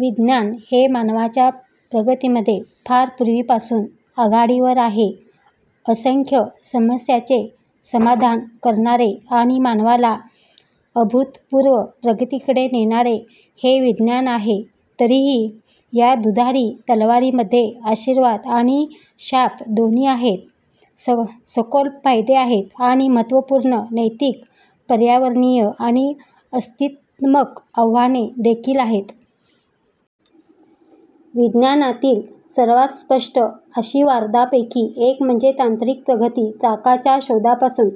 विज्ञान हे मानवाच्या प्रगतीमध्ये फार पूर्वीपासून आघाडीवर आहे, असंख्य समस्यांचे समाधान करणारे आणि मानवाला अभूतपूर्व प्रगतीकडे नेणारे हे विज्ञान आहे. तरीही, या दुधारी तलवारीमध्ये आशीर्वाद आणि शाप दोन्ही आहेत, सखोल फायदे आहेत आणि महत्त्वपूर्ण नैतिक, पर्यावरणीय आणि अस्तित्वात्मक आव्हाने देखील आहेत. विज्ञानातील सर्वात स्पष्ट आशीर्वादांपैकी एक म्हणजे तांत्रिक प्रगती. चाकाच्या शोधापासून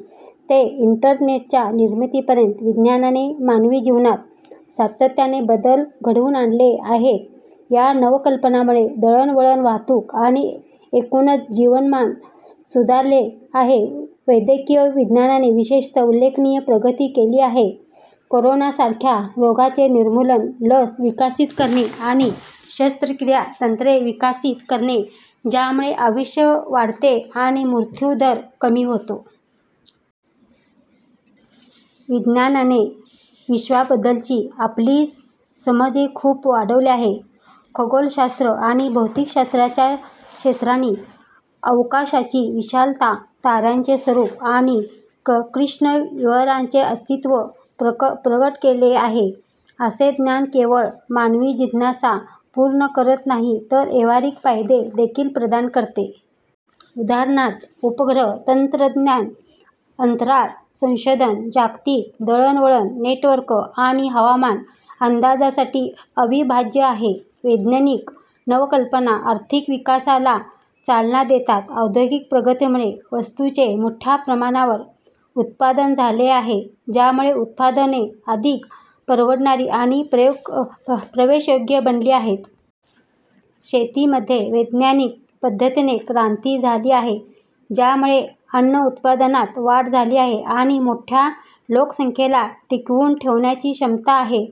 ते इंटरनेटच्या निर्मितीपर्यंत विज्ञानाने मानवी जीवनात सातत्याने बदल घडवून आणले आहेत. या नवकल्पनांमुळे दळणवळण, वाहतूक आणि एकूणच जीवनमान सुधारले आहे. वैद्यकीय विज्ञानाने, विशेषतः, उल्लेखनीय प्रगती केली आहे, कोरोना सारख्या रोगांचे निर्मूलन, लस विकसित करणे आणि शस्त्रक्रिया तंत्रे विकसित करणे, ज्यामुळे आयुष्य वाढते आणि मृत्यू दर कमी होतो. विज्ञानाने विश्वाबद्दलची आपली समजही खूप वाढवली आहे. खगोलशास्त्र आणि भौतिकशास्त्राच्या क्षेत्रांनी अवकाशाची विशालता, ताऱ्यांचे स्वरूप आणि कृष्णविवरांचे अस्तित्व प्रकट केले आहे. असे ज्ञान केवळ मानवी जिज्ञासा पूर्ण करत नाही तर व्यावहारिक फायदे देखील प्रदान करते. उदाहरणार्थ, उपग्रह तंत्रज्ञान अंतराळ संशोधन, जागतिक दळणवळण नेटवर्क आणि हवामान अंदाजासाठी अविभाज्य आहे. वैज्ञानिक नवकल्पना आर्थिक विकासाला चालना देतात. औद्योगिक प्रगतीमुळे वस्तूंचे मोठ्या प्रमाणावर उत्पादन झाले आहे, ज्यामुळे उत्पादने अधिक परवडणारी आणि प्रवेशयोग्य बनली आहेत. शेतीमध्ये वैज्ञानिक पद्धतींनी क्रांती झाली आहे, ज्यामुळे अन्न उत्पादनात वाढ झाली आहे आणि मोठ्या लोकसंख्येला टिकवून ठेवण्याची क्षमता आहे.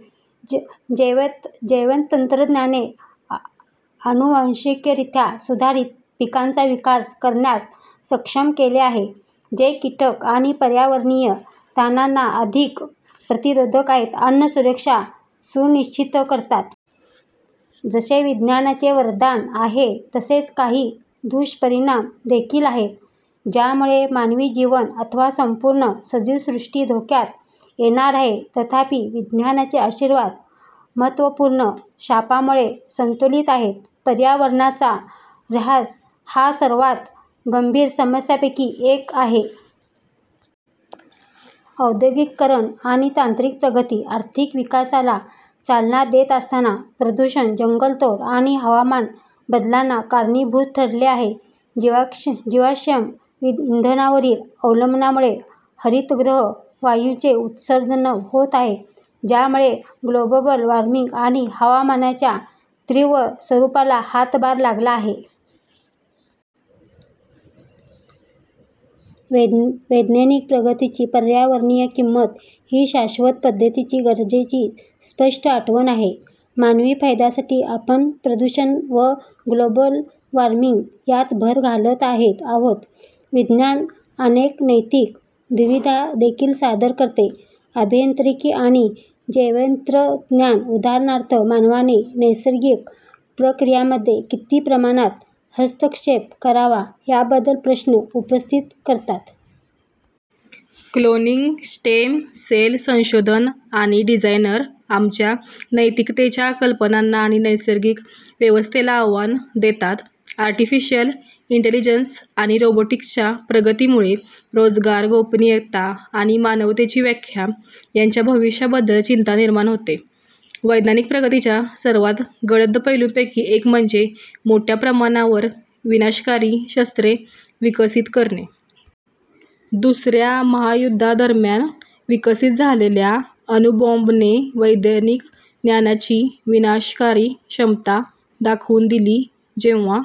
जैवतंत्रज्ञानाने अनुवांशिकरित्या सुधारित पिकांचा विकास करण्यास सक्षम केले आहे, जे कीटक आणि पर्यावरणीय ताणांना अधिक प्रतिरोधक आहेत, अन्न सुरक्षा सुनिश्चित करतात. जसे विज्ञानाचे वरदान आहे तसेच काही दुष्परिणाम देखील आहेत, ज्यामुळे मानवी जीवन अथवा संपूर्ण सजीव सृष्टी धोक्यात येणार आहे, तथापि, विज्ञानाचे आशीर्वाद महत्त्वपूर्ण शापांमुळे संतुलित आहेत. पर्यावरणाचा ऱ्हास ही सर्वात गंभीर समस्यांपैकी एक आहे. औद्योगिकीकरण आणि तांत्रिक प्रगती, आर्थिक विकासाला चालना देत असताना, प्रदूषण, जंगलतोड आणि हवामान बदलांना कारणीभूत ठरले आहे. जीवाश्म इंधनावरील अवलंबनामुळे हरितगृह वायूंचे उत्सर्जन होत आहे, ज्यामुळे ग्लोबल वॉर्मिंग आणि हवामानाच्या तीव्र स्वरूपाला हातभार लागला आहे. वैज्ञानिक प्रगतीची पर्यावरणीय किंमत ही शाश्वत पद्धतींच्या गरजेची स्पष्ट आठवण आहे. मानवी फायद्यांसाठी आपण प्रदूषण व ग्लोबल वॉर्मिंग यात भर घालत आहोत. विज्ञान अनेक नैतिक दुविधा देखील सादर करते. अभियांत्रिकी आणि जैवतंत्रज्ञान, उदाहरणार्थ, मानवाने नैसर्गिक प्रक्रियांमध्ये किती प्रमाणात हस्तक्षेप करावा याबद्दल प्रश्न उपस्थित करतात. क्लोनिंग, स्टेम सेल संशोधन आणि डिझायनर, आमच्या नैतिकतेच्या कल्पनांना आणि नैसर्गिक व्यवस्थेला आव्हान देतात. आर्टिफिशियल इंटेलिजन्स आणि रोबोटिक्सच्या प्रगतीमुळे रोजगार, गोपनीयता आणि मानवतेची व्याख्या यांच्या भविष्याबद्दल चिंता निर्माण होते. वैज्ञानिक प्रगतीच्या सर्वात गडद पैलूंपैकी एक म्हणजे मोठ्या प्रमाणावर विनाशकारी शस्त्रे विकसित करणे. दुसऱ्या महायुद्धादरम्यान विकसित झालेल्या अणुबॉम्बने वैज्ञानिक ज्ञानाची विनाशकारी क्षमता दाखवून दिली जेव्हा